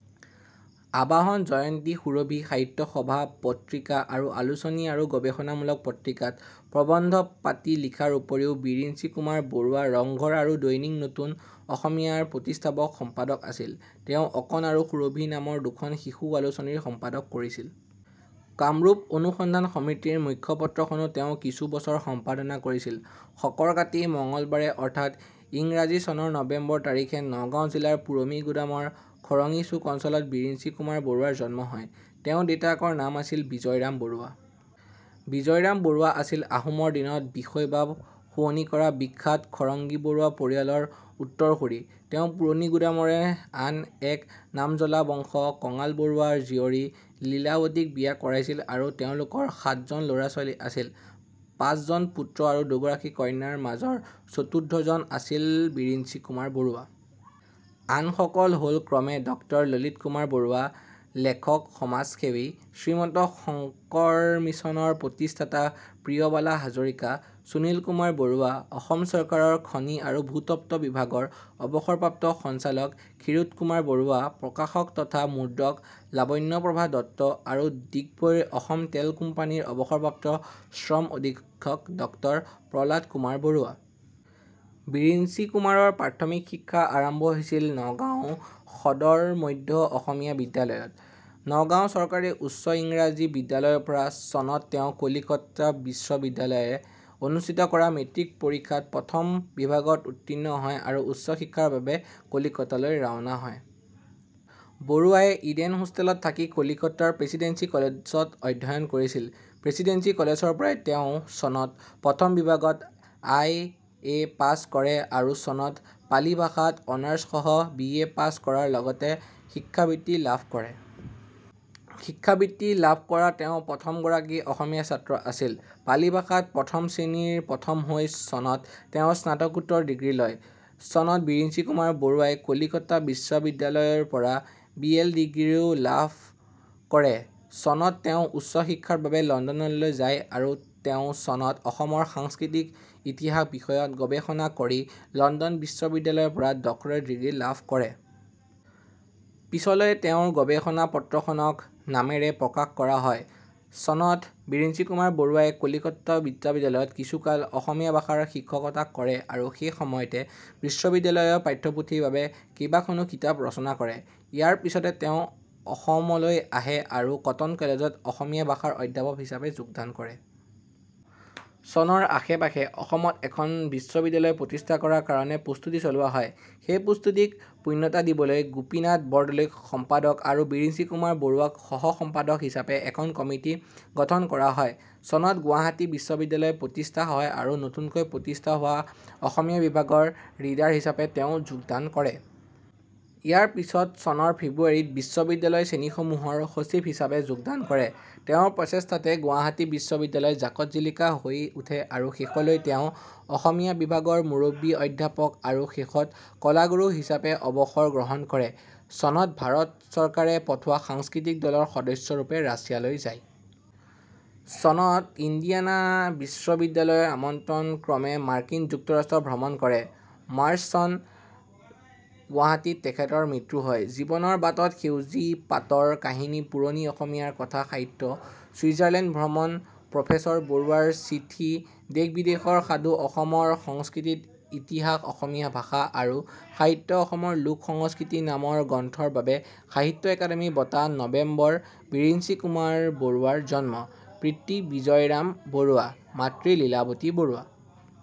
'আৱাহন', জয়ন্তী, সুৰভি, সাহিত্য সভা পত্ৰিকা, আদি আলোচনী আৰু গৱেষণামূলক পত্ৰিকাত প্ৰৱন্ধ-পাতি লিখাৰ উপৰিও বিৰিঞ্চি কুমাৰ বৰুৱা ৰংঘৰ আৰু দৈনিক নতুন অসমীয়াৰ প্ৰতিষ্ঠাপক সম্পাদক আছিল। তেওঁ 'অকণ' আৰু 'সুৰভি' নামৰ দুখন শিশু আলোচনীৰ সম্পাদক আছিল। কামৰূপ অনুসন্ধান সমিতিৰ মুখপত্ৰখনো তেওঁ কিছু বছৰ সম্পাদনা কৰিছিল। শকৰ কাতি, মঙ্গলবাৰে অৰ্থাৎ ইংৰাজী চনৰ নৱেম্বৰ তাৰিখে নগাঁও জিলাৰ পুৰণিগুদাম ৰ খৰঙীচুক অঞ্চলত বিৰিঞ্চি কুমাৰ বৰুৱাৰ জন্ম হয়। তেওঁৰ দেউতাকৰ নাম আছিল বিজয়ৰাম বৰুৱা। বিজয়ৰাম বৰুৱা আছিল আহোমৰ দিনত বিষয় বাব শুৱনি কৰা বিখ্যাত খৰঙ্গী বৰুৱা পৰিয়ালৰ উত্তৰসুৰী। তেওঁ পুৰণিগুদামৰে আন এক নামজ্বলা বংশ কঢ়াল বৰুৱাৰ জীয়ৰী লীলাৱতীক বিয়া কৰাইছিল আৰু তেওঁলোকৰ সাতজন ল'ৰা-ছোৱালী আছিল। পাঁচজন পুত্ৰ আৰু দুগৰাকী কন্যাৰ মাজৰ চতুৰ্থজন আছিল বিৰিঞ্চি কুমাৰ বৰুৱা। আনসকল হ'ল ক্ৰমে, ডাঃ ললিত কুমাৰ বৰুৱা, লেখক-সমাজসেৱী, শ্ৰীমন্ত শংকৰ মিছনৰ প্ৰতিষ্ঠাতা প্ৰিয়বালা হাজৰিকা, সুশীল কুমাৰ বৰুৱা, অসম চৰকাৰৰ খনি আৰু ভূতত্ব বিভাগৰ অৱসৰপ্ৰাপ্ত সঞ্চালক ক্ষীৰোদ কুমাৰ বৰুৱা, প্ৰকাশক তথা মুদ্ৰক লাৱণ্যপ্ৰভা দত্ত আৰু ডিগবৈৰ অসম তেল কোম্পানীৰ অৱসৰপ্ৰাপ্ত শ্ৰম অধীক্ষক ড প্ৰহ্লাদ কুমাৰ বৰুৱা। বিৰিঞ্চিকুমাৰৰ প্ৰাথমিক শিক্ষা আৰম্ভ হৈছিল নগাওঁ সদৰ মধ্য অসমীয়া বিদ্যালয়ত। নগাঁও চৰকাৰী উচ্চ ইংৰাজী বিদ্যালয়ৰ পৰা, চনত তেওঁ কলিকতা বিশ্ববিদ্যালয়ে অনুষ্ঠিত কৰা মেট্ৰিক পৰীক্ষাত প্ৰথম বিভাগত উত্তীৰ্ণ হয় আৰু উচ্চ শিক্ষাৰ বাবে কলিকতা লৈ ৰাওনা হয়। বৰুৱাই ইডেন হোষ্টেলত থাকি কলিকতাৰ প্ৰেচিডেন্সি কলেজত অধ্যয়ন কৰিছিল। প্ৰেচিডেন্সি কলেজৰ পৰাই তেওঁ চনত, প্ৰথম বিভাগত আই এ পাছ কৰে আৰু চনত, পালি ভাষাত অনাৰ্ছ সহ বি এ পাছ কৰাৰ লগতে শিক্ষাবৃত্তি লাভ কৰে। শিক্ষাবৃত্তি লাভ কৰা তেওঁ প্ৰথমগৰাকী অসমীয়া ছাত্ৰ আছিল। পালি ভাষা ত প্ৰথম শ্ৰেণীৰ প্ৰথম হৈ চনত, তেওঁ স্নাতকোত্তৰ ডিগ্ৰী লয়। চনত, বিৰিঞ্চিকুমাৰ বৰুৱাই কলিকতা বিশ্ববিদ্যালয়ৰ পৰা বি এল ডিগ্ৰীও লাভ কৰে। চনত তেওঁ উচ্চ শিক্ষাৰ বাবে লণ্ডনলৈ যায় আৰু তেওঁ চনত অসমৰ সাংস্কৃতিক ইতিহাস বিষয়ত গৱেষণা কৰি লণ্ডন বিশ্ববিদ্যালয় ৰ পৰা ডক্টৰেট ডিগ্ৰী লাভ কৰে। পিছলৈ তেওঁৰ গৱেষণা গ্ৰন্থখনক "" নামেৰে প্ৰকাশ কৰা হয়। চনত বিৰিঞ্চি কুমাৰ বৰুৱাই কলিকতা বিশ্ববিদ্যালয় ত কিছুকাল অসমীয়া ভাষাৰ শিক্ষকতা কৰে আৰু সেই সময়তে বিশ্ববিদ্যালয়ৰ পাঠ্যপুথিৰ বাবে কেইবাখনো কিতাপ ৰচনা কৰে। ইয়াৰ পিছতে তেওঁ অসম লৈ আহে আৰু কটন কলেজ ত অসমীয়া ভাষাৰ অধ্যাপক হিচাপে যোগদান কৰে। চনৰ আশে-পাশে অসমত এখন বিশ্ববিদ্যালয় প্ৰতিষ্ঠা কৰাৰ কাৰণে প্ৰস্তুতি চলোৱা হয়। সেই প্ৰস্তুতিক পূৰ্ণতা দিবলৈ গোপীনাথ বৰদলৈ ক সম্পাদক আৰু বিৰিঞ্চি কুমাৰ বৰুৱাক সহ-সম্পাদক হিচাপে এখন কমিটি গঠন কৰা হৈছিল। চনত গুৱাহাটী বিশ্ববিদ্যালয় প্ৰতিষ্ঠা হয় আৰু নতুনকৈ প্ৰতিষ্ঠা হোৱা অসমীয়া বিভাগৰ ৰিডাৰ হিচাপে তেওঁ যোগদান কৰে। ইয়াৰ পিচত চনৰ ফেব্ৰুৱাৰীত 'বিশ্ববিদ্যালয় শ্ৰেণীসমূহৰ সচিব' হিচাপে যোগদান কৰে। তেওঁৰ প্ৰচেষ্টাতে গুৱাহাটী বিশ্ববিদ্যালয় জাকত-জিলিকা হৈ উঠে আৰু শেষলৈ তেওঁ অসমীয়া বিভাগৰ মুৰব্বী অধ্যাপক আৰু শেষত কলাগুৰু হিচাপে অৱসৰ গ্ৰহণ কৰে। চনত ভাৰত চৰকাৰে পঠোৱা সাংস্কৃতিক দলৰ সদস্য ৰূপে ৰাছিয়ালৈ যায়। চনত ইণ্ডিয়ানা বিশ্ববিদ্যালয়ৰ আমন্ত্ৰণ ক্ৰমে মাৰ্কিন যুক্তৰাষ্ট্ৰ ভ্ৰমণ কৰে। মাৰ্চ চন, গুৱাহাটীত তেখেতৰ মৃত্যু হয়। জীৱনৰ বাটত সেউজী পাতৰ কাহিনী পুৰণি অসমীয়া কথা সাহিত্য চুইজাৰলেণ্ড ভ্ৰমণ প্ৰফেচৰ বৰুৱাৰ চিঠি দেশ বিদেশৰ সাধু অসমৰ সংস্কৃতিৰ ইতিহাস অসমীয়া ভাষা আৰু সাহিত্য অসমৰ লোক সংস্কৃতি নামৰ গ্ৰন্থৰ বাবে সাহিত্য অকাডেমি বঁটা, নৱেম্বৰ: বিৰিঞ্চিকুমাৰ বৰুৱাৰ জন্ম। পিতৃ-বিজয়ৰাম বৰুৱা। মাতৃ-লীলাৱতী বৰুৱা।